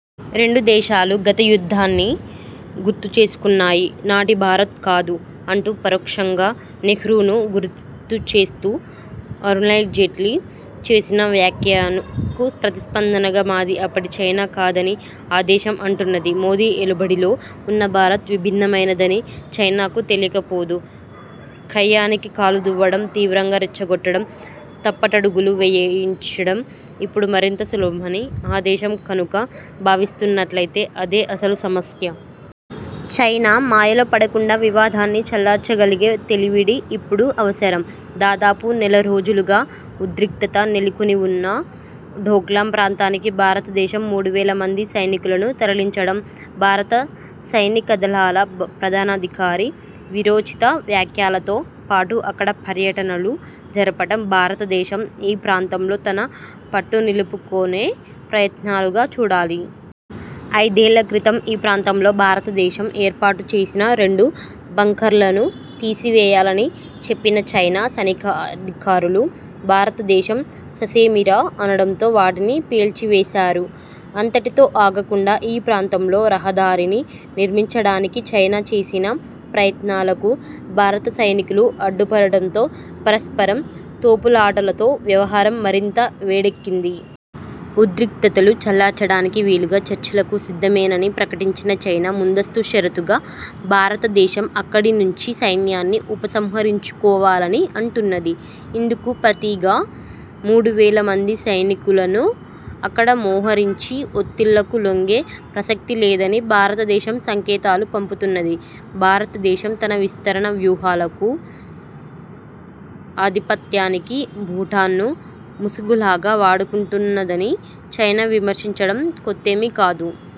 రెండు దేశాలూ గత యుద్ధాన్ని గుర్తుచేసుకున్నాయి. నాటి భారత్ కాదు అంటూ పరోక్షంగా నెహ్రూను గుర్తుచేస్తూ అరుణ్జైట్లీ చేసిన వ్యాఖ్యకు ప్రతిస్పందనగా మాదీ అప్పటి చైనా కాదని ఆ దేశం అంటున్నది. మోదీ ఏలుబడిలో ఉన్న భారత్ విభిన్నమైనదని చైనాకు తెలియకపోదు. కయ్యానికి కాలుదువ్వడం, తీవ్రంగా రెచ్చగొట్టడం, తప్పటడుగులు వేయించడం ఇప్పుడు మరింత సులభమని ఆ దేశం కనుక భావిస్తున్నట్లయితే అదే అసలు సమస్య. చైనా మాయలో పడకుండా వివాదాన్ని చల్లార్చగలిగే తెలివిడి ఇప్పుడు అవసరం. దాదాపు నెలరోజులుగా ఉద్రిక్తత నెలకొనివున్న డోక్లామ్ ప్రాంతానికి భారతదేశం మూడువేల మంది సైనికులను తరలించడం, భారత సైనికదళాల ప్రధానాధికారి వీరోచిత వ్యాఖ్యలతో పాటు అక్కడ పర్యటనలు జరపడం భారతదేశం ఈ ప్రాంతంలో తన పట్టునిలుపుకొనే ప్రయత్నాలుగా చూడాలి. ఐదేళ్ళక్రితం ఈ ప్రాంతంలో భారతదేశం ఏర్పాటు చేసిన రెండు బంకర్లను తీసివేయాలని చెప్పిన చైనా సైనికాధికారులు, భారతదేశం ససేమిరా అనడంతో వాటిని పేల్చివేశారు. అంతటితో ఆగకుండా ఈ ప్రాంతంలో రహదారిని నిర్మించడానికి చైనా చేసిన ప్రయత్నాలకు భారత సైనికులు అడ్డుపడటంతో పరస్పరం తోపులాటలతో వ్యవహారం మరింత వెడెక్కింది. ఉద్రిక్తతలు చల్లార్చడానికి వీలుగా చర్చలకు సిద్ధమేనని ప్రకటించిన చైనా ముందస్తు షరతుగా భారతదేశం అక్కడి నుంచి సైన్యాన్ని ఉపసంహరించుకోవాలని అంటున్నది. ఇందుకు ప్రతిగా మూడువేల మంది సైనికులను అక్కడ మోహరించి ఒత్తిళ్ళకు లొంగే ప్రసక్తిలేదని భారతదేశం సంకేతాలు పంపుతున్నది. భారతదేశం తన విస్తరణ వ్యూహాలకు, ఆధిపత్యానికీ భూటాన్ను ముసుగులాగా వాడుకుంటున్నదని చైనా విమర్శించడం కొత్తేమీ కాదు.